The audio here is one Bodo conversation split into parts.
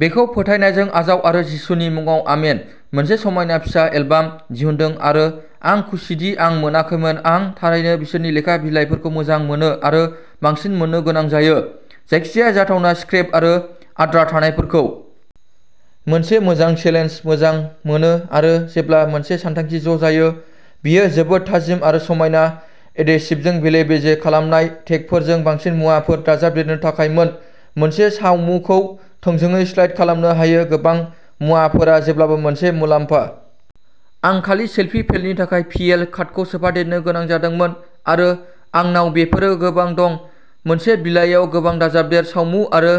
बेखौ फोथायनायजों आजाव आरो जिसुनि मुङाव आमेन। मोनसे समायना फिसा एलबाम दिहुनदों आरो आं खुसिदि आं मोनाखैमोन। आं थारैनो बिसोरनि लेखा बिलाइफोरखौ मोजां मोनो आरो बांसिन मोननो गोनां जायो। जायखिजाया जाथावना स्क्रेप आरो आद्रा थानायफोरखौ। मोनसे मोजां चेलेन्ज मोजां मोनो आरो जेब्ला मोनसे सानथांखि ज' जायो। बेयो जोबोद थाजिम आरो समायना एडेसिभजों बेले-बेजे खालामनाय. टेगफोरजों बांसिन मुवाफोर दाजाबदेरनो थाखायमोन। मोनसे सावमुखौ थोंजोङै स्लाइड खालामनो हायो। गोबां मुवाफोरा जेब्लाबो मोनसे मुलाम्फा। आं खालि सेलफि फेलनि थाखाय पिएल कार्डखौ सोफादेरनो गोनां जादोंमोन। आरो आंनाव बेफोरो गोबां दं। मोनसे बिलाइयाव गोबां दाजाबदेर। सावमु आरो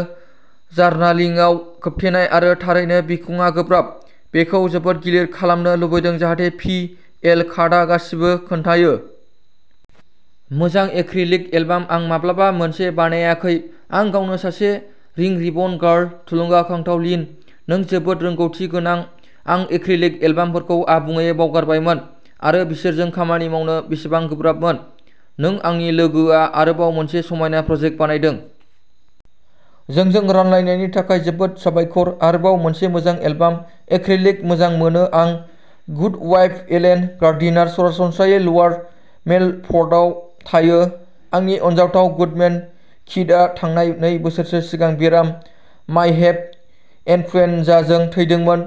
जार्नालिङाव खोबथेनाय आरो थारैनो बिखुंआ गोब्राब। बेखौ जोबोद गिलिर खालामनो लुबैदों जाहाथे पि एल कार्डआ गासिबो खोन्थायो। मोजां एक्रिलिक एलबाम आं माब्लाबा मोनसे बानायाखै। आं गावनो सासे रिं रिबन गार्ल। थुलुंगाखांथाव लिन, नों जोबोद रोंग'थि गोनां आं एक्रिलिक एलबामफोरखौ आबुङै बावगारबायमोन आरो बिसोरजों खामानि मावनो बेसेबां गोब्राबमोन, नों आंनि लोगोआ आरोबाव मोनसे समायना प्रजेक्ट बानायदों। जोंजों रानलायनायनि थाखाय जोबोद साबायखर। आरोबाव मोनसे मोजां एलबाम, एक्रिलिक मोजां मोनो आं गुडवाइफ एलेन गार्डिनार, सरासनस्रायै ल'वार मेलफर्डआव थायो। आंनि अनजाथाव गुडमेन किटआ थांनाय नै बोसोरसो सिगां बेराम, मायहेप इन्फ्लुयेनजाजों थैदोंमोन।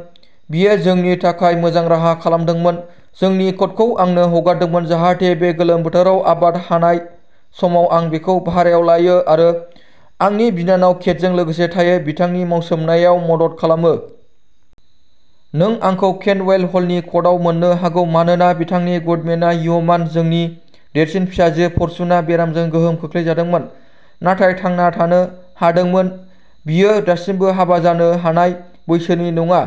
बियो जोंनि थाखाय मोजां राहा खालामदोंमोन, जोंनि क'टखौ आंनो हगारदोंमोन जाहाथे बे गोलोम बोथोराव आबाद हानाय समाव आं बेखौ भारायाव लायो आरो आंनि बिनानाव केटजों लोगोसे थायो बिथांनि मावसोमनायाव मदद खालामनो। नों आंखौ केन्टवेल हलनि क'टआव मोननो हागौ, मानोना बिथांनि गुडमेनआ य'मान। जोंनि देरसिन फिसाजो फर्चुनआ बेरामजों गोहोम खोख्लैजादोंमोन, नाथाय थांना थानो हादोंमोन। बियो दासिमबो हाबा जानो हानाय बैसोनि नङा,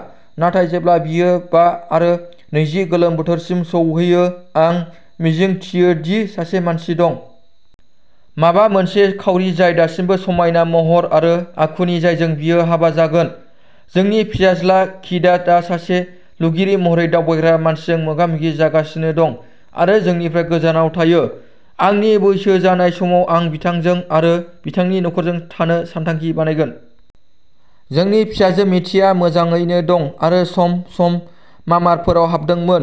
नाथाय जेब्ला बियो बा आरो नैजि गोलोम बोथोरसिम सौहैयो, आं मिजिंथियो दि सासे मानसि दं। माबा मोनसे खाउरि जाय दासिमबो समायना महर आरो आखुनि जायजों बियो हाबा जागोन। जोंनि फिसाज्ला किटआ दा सासे लुगिरि महरै दावबायग्रा मानसिजों मोगामोगि जागासिनो दं आरो जोंनिफ्राय गोजानाव थायो। आंनि बैसो जानाय समाव आं बिथांजों आरो बिथांनि नख'रजों थानो सानथांखि बानायगोन। जोंनि फिसाजो मेटिआ मोजाङैनो दं आरो सम सम मामारफोराव हाबदोंमोन।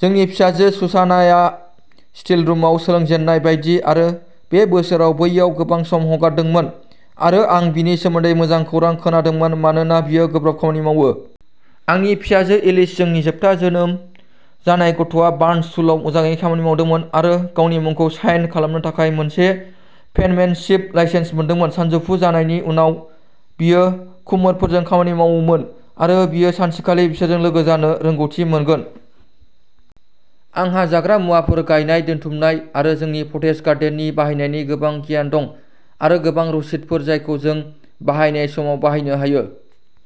जोंनि फिसाजो सुसानाआ स्टिलरुमाव सोलोंजेननाय बायदि आरो बे बोसोराव बैयाव गोबां सम हगारदोंमोन आरो आं बिनि सोमोन्दै मोजां खौरां खोनादोंमोन मानोना बियो गोब्राब खामानि मावो। आंनि फिसाजो एलिस, जोंनि जोबथा जोनोम जानाय गथ'आ बार्नसचुलाव मोजाङै खामानि मावदोंमोन, आरो गावनि मुंखौ साइन खालामनो थाखाय मोनसे पेनमेनशिप लाइसेन्स मोनदोंमोन। सानजौफु जानायनि उनाव बियो कुमोरफोरजों खामानि मावोमोन, आरो बियो सानसेखालि बिसोरजों लोगो जानो रोंग'थि मोनगोन। आंहा जाग्रा मुवाफोर गायनाय दोनथुमनाय आरो जोंनि पटेज गार्डेननि बाहायनायनि गोबां गियान दं, आरो गोबां रसिदफोर जायखौ जों बाहायनाय समाव बाहायनो हायो।